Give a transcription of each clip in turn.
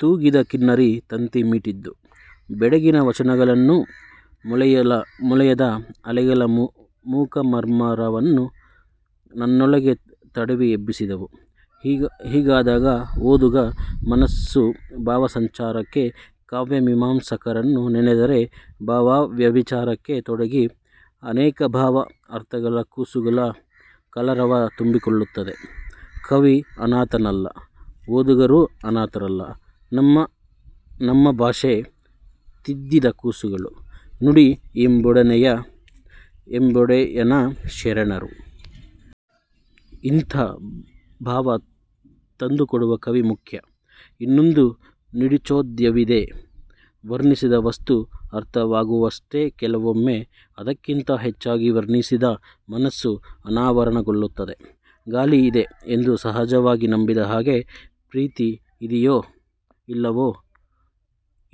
ತೂಗಿದ ಕಿನ್ನರಿ ತಂತಿ ಮೀಟಿದ್ದು, ಬೆಡಗಿನ ವಚನಗಳನ್ನೂ ಮೊಳೆಯದ ಅಲೆಗಳ ಮೂಕ ಮರ್ಮರವನ್ನೂ ನನ್ನೊಳಗೆ ತಡವಿ ಎಬ್ಬಿಸಿದವು. ಹೀಗಾದಾಗ ಓದುಗ ಮನಸ್ಸು ಭಾವಸಂಚಾರಕ್ಕೆ ಕಾವ್ಯಮೀಮಾಂಸಕರನ್ನು ನೆನೆದರೆ ಭಾವವ್ಯಭಿಚಾರಕ್ಕೆ ತೊಡಗಿ ಅನೇಕ ಭಾವ ಅರ್ಥಗಳ ಕೂಸುಗಳ ಕಲರವ ತುಂಬಿಕೊಳ್ಳುತ್ತದೆ. ಕವಿ ಅನಾಥನಲ್ಲ ಓದುಗರೂ ಅನಾಥರಲ್ಲ ನಮ್ಮ ನಮ್ಮ ಭಾಷೆ ತಿದ್ದಿದ ಕೂಸುಗಳು, 'ನುಡಿ'ಎಂಬೊಡೆಯನ ಶರಣರು. ಇಂಥ ಭಾವ ತಂದುಕೊಡುವ ಕವಿ ಮುಖ್ಯ. ಇನ್ನೊಂದು ನುಡಿಚೋದ್ಯವಿದೆ ವರ್ಣಿಸಿದ ವಸ್ತು ಅರ್ಥವಾಗುವಷ್ಟೇ ಕೆಲವೊಮ್ಮೆ ಅದಕ್ಕಿಂತ ಹೆಚ್ಚಾಗಿ ವರ್ಣಿಸಿದ ಮನಸ್ಸು ಅನಾವರಣಗೊಳ್ಳುತ್ತದೆ. ಗಾಳಿ ಇದೆ ಎಂದು ಸಹಜವಾಗಿ ನಂಬಿದ ಹಾಗೆ ಪ್ರೀತಿ ಇದೆಯೋ ಇಲ್ಲವೋ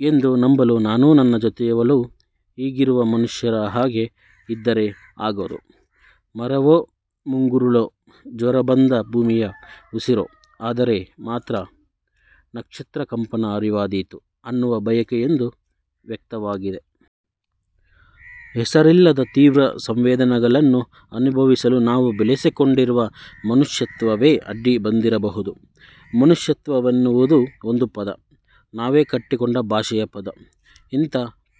ಎಂದು ನಂಬಲು ನಾನೂ ನನ್ನ ಜೊತೆಯವಳೂ ಈಗಿರುವ ಮನುಷ್ಯರ ಹಾಗೆ ಇದ್ದರೆ ಆಗದು ಮರವೋ ಮುಂಗುರುಳೋ ಜ್ವರಬಂದ ಭೂಮಿಯ ಉಸಿರೋ ಆದರೆ ಮಾತ್ರ ನಕ್ಷತ್ರಕಂಪನ ಅರಿವಾದೀತು ಅನ್ನುವ ಬಯಕೆಯೊಂದು ವ್ಯಕ್ತವಾಗಿದೆ. ಹೆಸರಿಲ್ಲದ ತೀವ್ರ ಸಂವೇದನೆಗಳನ್ನು ಅನುಭವಿಸಲು ನಾವು ಬೆಳೆಸಿಕೊಂಡಿರುವ 'ಮನುಷ್ಯತ್ವ'ವೇ ಅಡ್ಡಿ ಬಂದಿರಬಹುದು. ಮನುಷ್ಯತ್ವವೆನ್ನುವುದು ಒಂದು ಪದ, ನಾವೇ ಕಟ್ಟಿಕೊಂಡ ಭಾಷೆಯ ಪದ. ಇಂಥ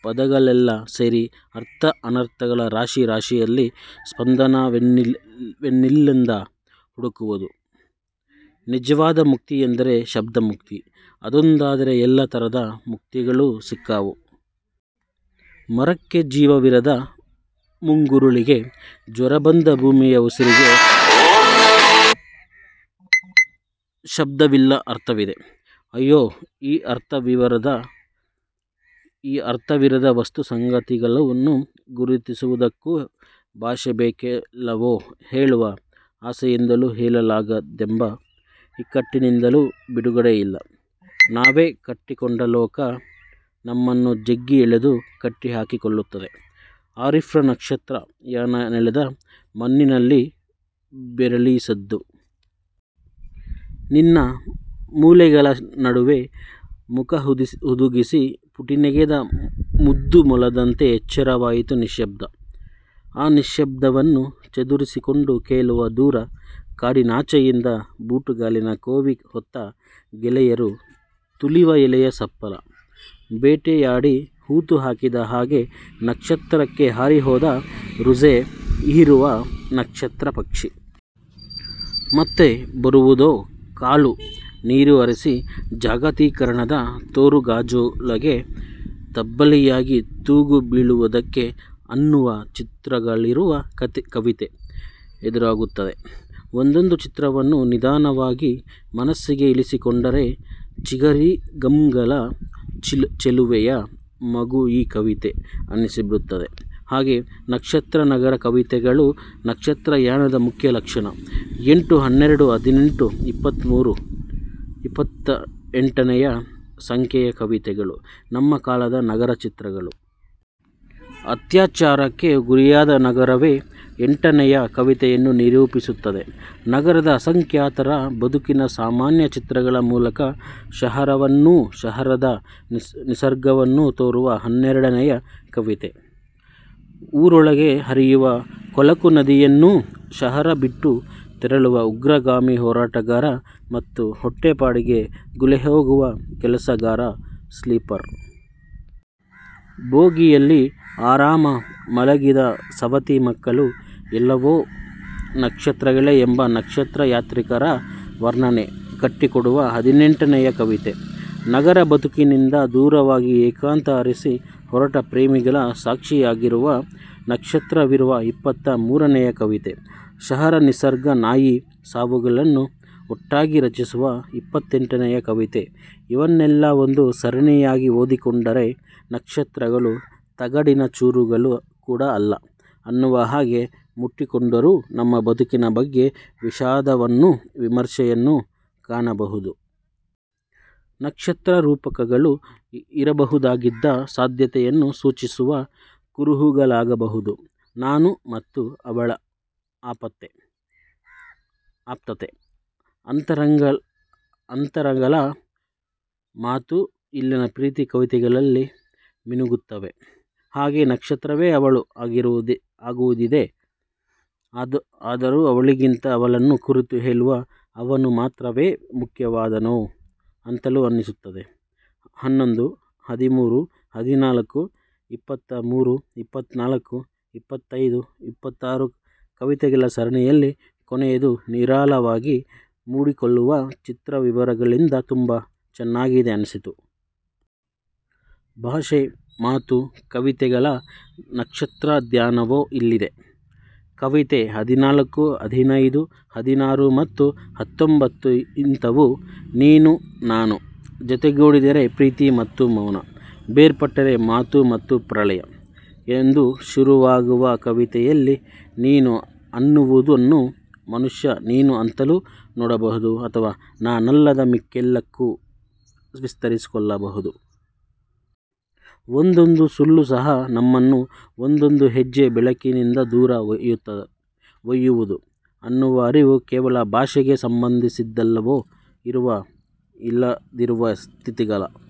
ಪದಗಳೆಲ್ಲ ಸೇರಿ ಅರ್ಥ ಅನರ್ಥಗಳ ರಾಶಿ ರಾಶಿಯಲ್ಲಿ ಸ್ಪಂದನವನ್ನೆಲ್ಲಿಂದ ಹುಡುಕುವುದು. ನಿಜವಾದ ಮುಕ್ತಿ ಎಂದರೆ ಶಬ್ದಮುಕ್ತಿ. ಅದೊಂದಾದರೆ ಎಲ್ಲ ಥರದ ಮುಕ್ತಿಗಳೂ ಸಿಕ್ಕಾವು. ಮರಕ್ಕೆ ಜೀವವಿರದ ಮುಂಗುರುಳಿಗೆ, ಜ್ವರ ಬಂದ ಭೂಮಿಯ ಉಸಿರಿಗೆ ಶಬ್ದವಿಲ್ಲ ಅರ್ಥವಿದೆ. ಅಯ್ಯೋ ಈ ಅರ್ಥವಿರದ ವಸ್ತು ಸಂಗತಿಗಳನ್ನು ಗುರುತಿಸುವುದಕ್ಕೂ ಭಾಷೆ ಬೇಕಲ್ಲವೋ ಹೇಳುವ ಆಸೆಯಿಂದಲೂ ಹೇಳಲಾಗದೆಂಬ ಇಕ್ಕಟ್ಟಿನಿಂದಲೂ ಬಿಡುಗಡೆ ಇಲ್ಲ. ನಾವೇ ಕಟ್ಟಿಕೊಂಡ ಲೋಕ ನಮ್ಮನ್ನು ಜಗ್ಗಿ ಎಳೆದು ಕಟ್ಟಿಹಾಕಿಕೊಳ್ಳುತ್ತದೆ. ಆರಿಫ್ರ ನಕ್ಷತ್ರ ಯಾನ ನೆಲದ ಮಣ್ಣಿನಲ್ಲಿ ಬೇರಿಳಿಸಿದ್ದು. ನಿನ್ನ ಮೊಲೆಗಳ ನಡುವೆ ಮುಖಹುದುಗಿಸಿ ಪುಟಿನೆಗೆದ ಮುದ್ದು ಮೊಲದಂತೆ ಎಚ್ಚರವಾಯಿತು ನಿಶಬ್ದ. ಆ ನಿಶ್ಶಬ್ದವನ್ನು ಚದುರಿಸಿಕೊಂಡು ಕೇಳುವ ದೂರ ಕಾಡಿನಾಚೆಯಿಂದ ಬೂಟುಗಾಲಿನ ಕೋವಿ ಹೊತ್ತ ಗೆಳೆಯರು ತುಳಿವ ಎಲೆಯ ಸಪ್ಪಳ. ಬೇಟೆಯಾಡಿ ಹೂತು ಹಾಕಿದ ಹಾಗೆ ನಕ್ಷತ್ರಕ್ಕೆ ಹಾರಿ ಹೋದ ರುಜೆ ಹೀರುವ ನಕ್ಷತ್ರ ಪಕ್ಷಿ. ಮತ್ತೆ ಬರುವುದೋ ಕಾಳು ನೀರು ಅರಸಿ ಜಾಗತೀಕರಣದ ತೋರುಗಾಜೊಳಗೆ ತಬ್ಬಲಿಯಾಗಿ ತೂಗುಬೀಳುವುದಕ್ಕೆ ಅನ್ನುವ ಚಿತ್ರಗಳಿರುವ ಕವಿತೆ ಎದುರಾಗುತ್ತದೆ. ಒಂದೊಂದೂ ಚಿತ್ರವನ್ನು ನಿಧಾನವಾಗಿ ಮನಸ್ಸಿಗೆ ಇಳಿಸಿಕೊಂಡರೆ 'ಚಿಗರಿಗಂಗಳ ಚೆಲುವೆ'ಯ ಮಗು ಈ ಕವಿತೆ ಅನ್ನಿಸಿಬಿಡುತ್ತದೆ. ಹಾಗೆ ನಕ್ಷತ್ರ-ನಗರ ಕವಿತೆಗಳು ನಕ್ಷತ್ರ ಯಾನದ ಮುಖ್ಯ ಲಕ್ಷಣ. ಎಂಟು, ಹನ್ನೆರಡು, ಹದಿನೆಂಟು, ಇಪ್ಪತ್ತ ಮೂರು, ಇಪ್ಪತ್ತೆಂಟನೆಯ, ಸಂಖ್ಯೆಯ ಕವಿತೆಗಳು ನಮ್ಮ ಕಾಲದ ನಗರಚಿತ್ರಗಳು. ಅತ್ಯಾಚಾರಕ್ಕೆ ಗುರಿಯಾದ ನಗರವೇ ಎಂಟನೆಯ ಕವಿತೆಯನ್ನು ನಿರೂಪಿಸುತ್ತದೆ. ನಗರದ ಅಸಂಖ್ಯಾತರ ಬದುಕಿನ ಸಾಮಾನ್ಯ ಚಿತ್ರಗಳ ಮೂಲಕ ಶಹರವನ್ನೂ ಶಹರದ ನಿಸರ್ಗವನ್ನೂ ತೋರುವ ಹನ್ನೆರಡನೆಯ ಕವಿತೆ. ಊರೊಳಗೆ ಹರಿಯುವ ಕೊಳಕು ನದಿಯನ್ನೂ, ಶಹರ ಬಿಟ್ಟು ತೆರಳುವ ಉಗ್ರಗಾಮಿ ಹೋರಾಟಗಾರ ಮತ್ತು ಹೊಟ್ಟೆ ಪಾಡಿಗೆ ಗುಳೆಹೋಗುವ ಕೆಲಸಗಾರ ಸ್ಲೀಪರ್ ಬೋಗಿಯಲ್ಲಿ ಆರಾಮ ಮಲಗಿದ ಸವತಿ ಮಕ್ಕಳು ಎಲ್ಲವೂ ನಕ್ಷತ್ರಗಳೇ ಎಂಬ 'ನಕ್ಷತ್ರ ಯಾತ್ರಿಕ'ರ ವರ್ಣನೆ ಕಟ್ಟಿಕೊಡುವ ಹದಿನೆಂಟನೆಯ ಕವಿತೆ, ನಗರ ಬದುಕಿನಿಂದ ದೂರವಾಗಿ ಏಕಾಂತ ಅರಸಿ ಹೊರಟ ಪ್ರೇಮಿಗಳ ಸಾಕ್ಷಿಯಾಗಿರುವ ನಕ್ಷತ್ರವಿರುವ ಇಪ್ಪತ್ತ ಮೂರನೆಯ ಕವಿತೆ, ಶಹರ ನಿಸರ್ಗ ನಾಯಿ ಸಾವುಗಳನ್ನು ಒಟ್ಟಾಗಿ ರಚಿಸುವ ಇಪ್ಪತ್ತೆಂಟನೆಯ ಕವಿತೆ ಇವನ್ನೆಲ್ಲ ಒಂದು ಸರಣಿಯಾಗಿ ಓದಿಕೊಂಡರೆ ನಕ್ಷತ್ರಗಳು ತಗಡಿನ ಚೂರುಗಳು ಕೂಡ ಅಲ್ಲ ಅನ್ನುವ ಹಾಗೆ ಮಾಡಿಟ್ಟುಕೊಂಡಿರು ನಮ್ಮ ಬದುಕಿನ ಬಗ್ಗೆ ವಿಷಾದವನ್ನೂ ವಿಮರ್ಶೆಯನ್ನೂ ಕಾಣಬಹುದು. ನಕ್ಷತ್ರ ರೂಪಕಗಳು ಇರಬಹುದಾಗಿದ್ದ ಸಾಧ್ಯತೆಯನ್ನು ಸೂಚಿಸುವ ಕುರುಹುಗಳಾಗಬಹುದು. 'ನಾನು' ಮತ್ತು 'ಅವಳ' ಆಪ್ತತೆ, ಅಂತರಗಳ ಮಾತೂ ಇಲ್ಲಿನ ಪ್ರೀತಿ ಕವಿತೆಗಳಲ್ಲಿ ಮಿನುಗುತ್ತವೆ; ಹಾಗೇ ನಕ್ಷತ್ರವೇ 'ಅವಳು' ಆಗುವುದಿದೆ. ಆದರೂ ಅವಳಿಗಿಂತ ಅವಳನ್ನು ಕುರಿತು ಹೇಳುವ 'ಅವನು' ಮಾತ್ರವೇ ಮುಖ್ಯವಾದನೋ ಅಂತಲೂ ಅನ್ನಿಸುತ್ತದೆ. ಹನ್ನೊಂದು, ಹದಿಮೂರು, ಹದಿನಾಲ್ಕು, ಇಪ್ಪತ್ತ ಮೂರು, ಇಪ್ಪಾತ್ತ್ನಾಲ್ಕು, ಇಪ್ಪತ್ತೈದು, ಇಪ್ಪತ್ತಾರು ಕವಿತೆಗಳ ಸರಣಿಯಲ್ಲಿ ಕೊನೆಯದು ನಿರಾಳವಾಗಿ ಮೂಡಿಕೊಳ್ಳುವ ಚಿತ್ರವಿವರಗಳಿಂದ ತುಂಬ ಚೆನ್ನಾಗಿದೆ ಅನ್ನಿಸಿತು. ಭಾಷೆ, ಮಾತು, ಕವಿತೆಗಳ ನಕ್ಷತ್ರಧ್ಯಾನವೂ ಇಲ್ಲಿದೆ. ಕವಿತೆ ಹದಿನಾಲ್ಕು ಹದಿನೈದು ಹದಿನಾರು ಮತ್ತು ಹತ್ತೊಂಭತ್ತು ಇಂಥವು. 'ನೀನು-ನಾನು ಜೊತೆಗೂಡಿದರೆ ಪ್ರೀತಿ ಮತ್ತು ಮೌನ; ಬೇರ್ಪಟ್ಟರೆ ಮಾತು ಮತ್ತು ಪ್ರಳಯ' ಎಂದು ಶುರುವಾಗುವ ಕವಿತೆಯಲ್ಲಿ ನೀನು ಅನ್ನುವುದನ್ನು ಮನುಷ್ಯ ನೀನು ಅಂತಲೂ ನೋಡಬಹುದು, ಅಥವ ನಾನಲ್ಲದ ಮಿಕ್ಕೆಲ್ಲಕ್ಕೂ ವಿಸ್ತರಿಸಿಕೊಳ್ಳಬಹುದು. 'ಒಂದೊಂದು ಸುಳ್ಳು ಸಹ ನಮ್ಮನು ಒಂದೊಂದು ಹೆಜ್ಜೆ ಬೆಳಕಿನಿಂದ ದೂರ ಒಯ್ಯುವುದು' ಅನ್ನುವ ಅರಿವು ಕೇವಲ ಭಾಷೆಗೆ ಸಂಬಂಧಿಸಿದ್ದಲ್ಲವೋ ಇರುವ ಇಲ್ಲದಿರುವ ಸ್ಥಿತಿಗಳ